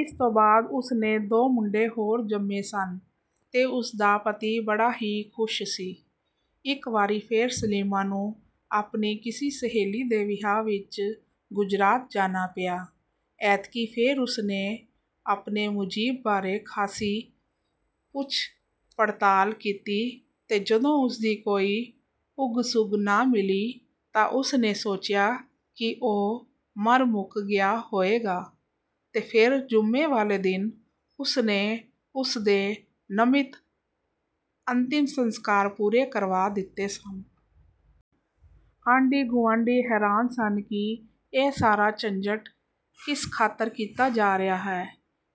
ਇਸ ਤੋਂ ਬਾਅਦ ਉਸਨੇ ਦੋ ਮੁੰਡੇ ਹੋਰ ਜੰਮੇ ਸਨ ਤੇ ਉਸਦਾ ਪਤੀ ਬੜਾ ਹੀ ਖੁਸ਼ ਸੀ। ਇਕ ਵਾਰੀ ਫੇਰ ਸਲੀਮਾ ਨੂੰ ਆਪਣੀ ਕਿਸੇ ਸਹੇਲੀ ਦੇ ਵਿਆਹ ਵਿਚ ਗੁਜਰਾਤ ਜਾਣਾ ਪਿਆ। ਐਤਕੀਂ ਫੇਰ ਉਸਨੇ ਆਪਣੇ ਮੁਜੀਬ ਬਾਰੇ ਖਾਸੀ ਪੁੱਛ-ਪੜਤਾਲ ਕੀਤੀ ਤੇ ਜਦੋਂ ਉਸਦੀ ਕੋਈ ਉੱਗ-ਸੁੱਘ ਨਾ ਮਿਲੀ ਤਾਂ ਉਸਨੇ ਸੋਚਿਆ ਕਿ ਉਹ ਮਰ-ਮੁੱਕ ਗਿਆ ਹੋਏਗਾ ਤੇ ਫੇਰ ਜੁਮੇ ਵਾਲੇ ਦਿਨ ਉਸਨੇ ਉਸਦੇ ਨਮਿੱਤ ਅੰਤਿਮ ਸੰਸਕਾਰ ਪੂਰੇ ਕਰਵਾ ਦਿੱਤੇ ਸਨ। ਆਂਢੀ-ਗੁਆਂਢੀ ਹੈਰਾਨ ਸਨ ਕਿ ਇਹ ਸਾਰਾ ਝੰਜਟ ਕਿਸ ਖਾਤਰ ਕੀਤਾ ਜਾ ਰਿਹਾ ਹੈ!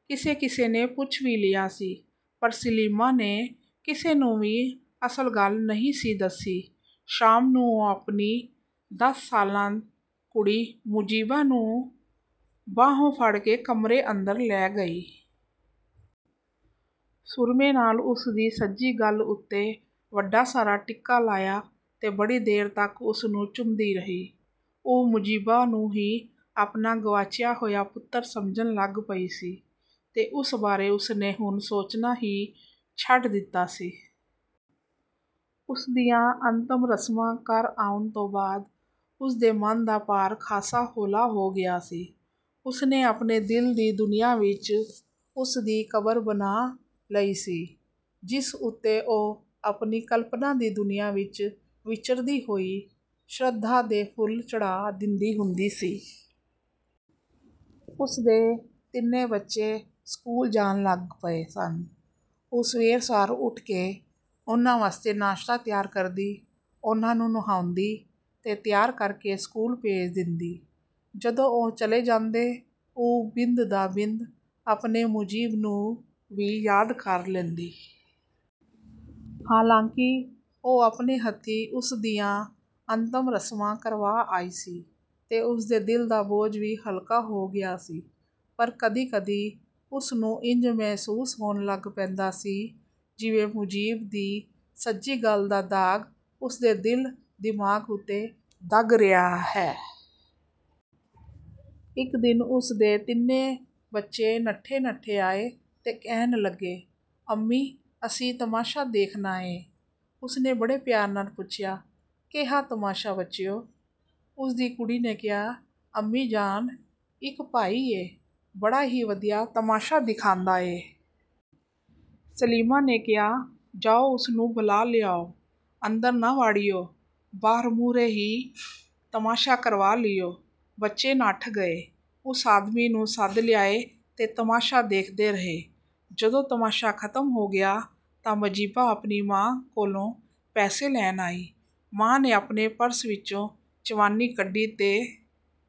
ਕਿਸੇ ਕਿਸੇ ਨੇ ਪੁੱਛ ਵੀ ਲਿਆ ਸੀ, ਪਰ ਸਲੀਮਾ ਨੇ ਕਿਸੇ ਨੂੰ ਵੀ ਅਸਲ ਗੱਲ ਨਹੀਂ ਸੀ ਦੱਸੀ। ਸ਼ਾਮ ਨੂੰ ਉਹ ਆਪਣੀ ਦਸ ਸਾਲਾ ਕੁੜੀ ਮੁਜੀਬਾ ਨੂੰ ਬਾਹੋਂ ਫੜ੍ਹ ਕੇ ਕਮਰੇ ਅੰਦਰ ਲੈ ਗਈ। ਸੁਰਮੇ ਨਾਲ ਉਸਦੀ ਸੱਜੀ ਗੱਲ੍ਹ ਉੱਤੇ ਵੱਡਾ ਸਾਰਾ ਟਿੱਕਾ ਲਾਇਆ ਤੇ ਬੜੀ ਦੇਰ ਤੱਕ ਉਸਨੂੰ ਚੁੰਮਦੀ ਰਹੀ। ਉਹ ਮੁਜੀਬਾ ਨੂੰ ਹੀ ਆਪਣਾ ਗਵਾਚਿਆ ਹੋਇਆ ਪੁੱਤਰ ਸਮਝਣ ਲੱਗ ਪਈ ਸੀ ਤੇ ਉਸ ਬਾਰੇ ਉਸਨੇ ਹੁਣ ਸੋਚਣਾ ਵੀ ਛੱਡ ਦਿੱਤਾ ਸੀ। ਉਸਦੀਆਂ ਅੰਤਮ ਰਸਮਾਂ ਕਰ ਆਉਣ ਤੋਂ ਬਾਅਦ ਉਸਦੇ ਮਨ ਦਾ ਭਾਰ ਖਾਸਾ ਹੌਲਾ ਹੋ ਗਿਆ ਸੀ। ਉਸਨੇ ਆਪਣੇ ਦਿਲ ਦੀ ਦੁਨੀਆਂ ਵਿਚ ਉਸ ਦੀ ਕਬਰ ਬਣਾਅ ਲਈ ਸੀ, ਜਿਸ ਉੱਤੇ ਉਹ ਆਪਣੀ ਕਲਪਣਾ ਦੀ ਦੁਨੀਆਂ ਵਿਚ ਵਿਚਰਦੀ ਹੋਈ ਸ਼ਰਧਾ ਦੇ ਫੁੱਲ ਚੜ੍ਹਾ ਦਿੰਦੀ ਹੁੰਦੀ ਸੀ। ਉਸਦੇ ਤਿੰਨੇ ਬੱਚੇ ਸਕੂਲ ਜਾਣ ਲੱਗ ਪਏ ਸਨ। ਉਹ ਸਵੇਰ ਸਾਰ ਉੱਠ ਕੇ ਉਹਨਾਂ ਵਾਸਤੇ ਨਾਸ਼ਤਾ ਤਿਆਰ ਕਰਦੀ, ਉਹਨਾਂ ਨੂੰ ਨੁਹਾਉਂਦੀ ਤੇ ਤਿਆਰ ਕਰਕੇ ਸਕੂਲ ਭੇਜ ਦਿੰਦੀ। ਜਦੋਂ ਉਹ ਚਲੇ ਜਾਂਦੇ, ਉਹ ਬਿੰਦ ਦਾ ਬਿੰਦ ਆਪਣੇ ਮੁਜੀਬ ਨੂੰ ਵੀ ਯਾਦ ਕਰ ਲੈਂਦੀ। ਹਾਲਾਂਕਿ ਉਹ ਆਪਣੇ ਹੱਥੀਂ ਉਸਦੀਆਂ ਅੰਤਮ ਰਸਮਾਂ ਕਰਵਾ ਆਈ ਸੀ ਤੇ ਉਸਦੇ ਦਿਲ ਦਾ ਬੋਝ ਵੀ ਹਲਕਾ ਹੋ ਗਿਆ ਸੀ, ਪਰ ਕਦੀ ਕਦੀ ਉਸਨੂੰ ਇੰਜ ਮਹਿਸੂਸ ਹੋਣ ਲੱਗ ਪੈਂਦਾ ਸੀ ਜਿਵੇਂ ਮੁਜੀਬ ਦੀ ਸੱਜੀ ਗੱਲ੍ਹ ਦਾ ਦਾਗ਼ ਉਸਦੇ ਦਿਲ ਦਿਮਾਗ਼ ਉੱਤੇ ਦਗ਼ ਰਿਹਾ ਹੈ। ਇਕ ਦਿਨ ਉਸਦੇ ਤਿੰਨੇ ਬੱਚੇ ਨੱਠੇ ਨੱਠੇ ਆਏ ਤੇ ਕਹਿਣ ਲੱਗੇ, "ਅੰਮੀ, ਅਸੀਂ ਤਮਾਸ਼ਾ ਦੇਖਣਾ ਏਂ।" ਉਸਨੇ ਬੜੇ ਪਿਆਰ ਨਾਲ ਪੁੱਛਿਆ, "ਕੇਹਾ ਤਮਾਸ਼ਾ ਬੱਚਿਓ?" ਉਸਦੀ ਕੁੜੀ ਨੇ ਕਿਹਾ, "ਅੰਮੀ ਜਾਨ, ਇਕ ਭਾਈ ਏ, ਬੜਾ ਈ ਵਧੀਆ ਤਮਾਸ਼ਾ ਦਿਖਾਂਦਾ ਏ।" ਸਲੀਮਾ ਨੇ ਕਿਹਾ, "ਜਾਓ ਉਸਨੂੰ ਬੁਲਾ ਲਿਆਓ। ਅੰਦਰ ਨਾ ਵਾੜਿਓ, ਬਾਰ ਮੂਹਰੇ ਈ ਤਮਾਸ਼ਾ ਕਰਵਾ ਲਿਓ।" ਬੱਚੇ ਨੱਠ ਗਏ। ਉਸ ਆਦਮੀ ਨੂੰ ਸੱਦ ਲਿਆਏ ਤੇ ਤਮਾਸ਼ਾ ਦੇਖਦੇ ਰਹੇ। ਜਦੋਂ ਤਮਾਸ਼ਾ ਖਤਮ ਹੋ ਗਿਆ ਤਾਂ ਮਜੀਬਾ ਆਪਣੀ ਮਾਂ ਕੋਲੋਂ ਪੈਸੇ ਲੈਣ ਆਈ। ਮਾਂ ਨੇ ਆਪਣੇ ਪਰਸ ਵਿਚੋਂ ਚਵਾਨੀ ਕੱਢੀ ਤੇ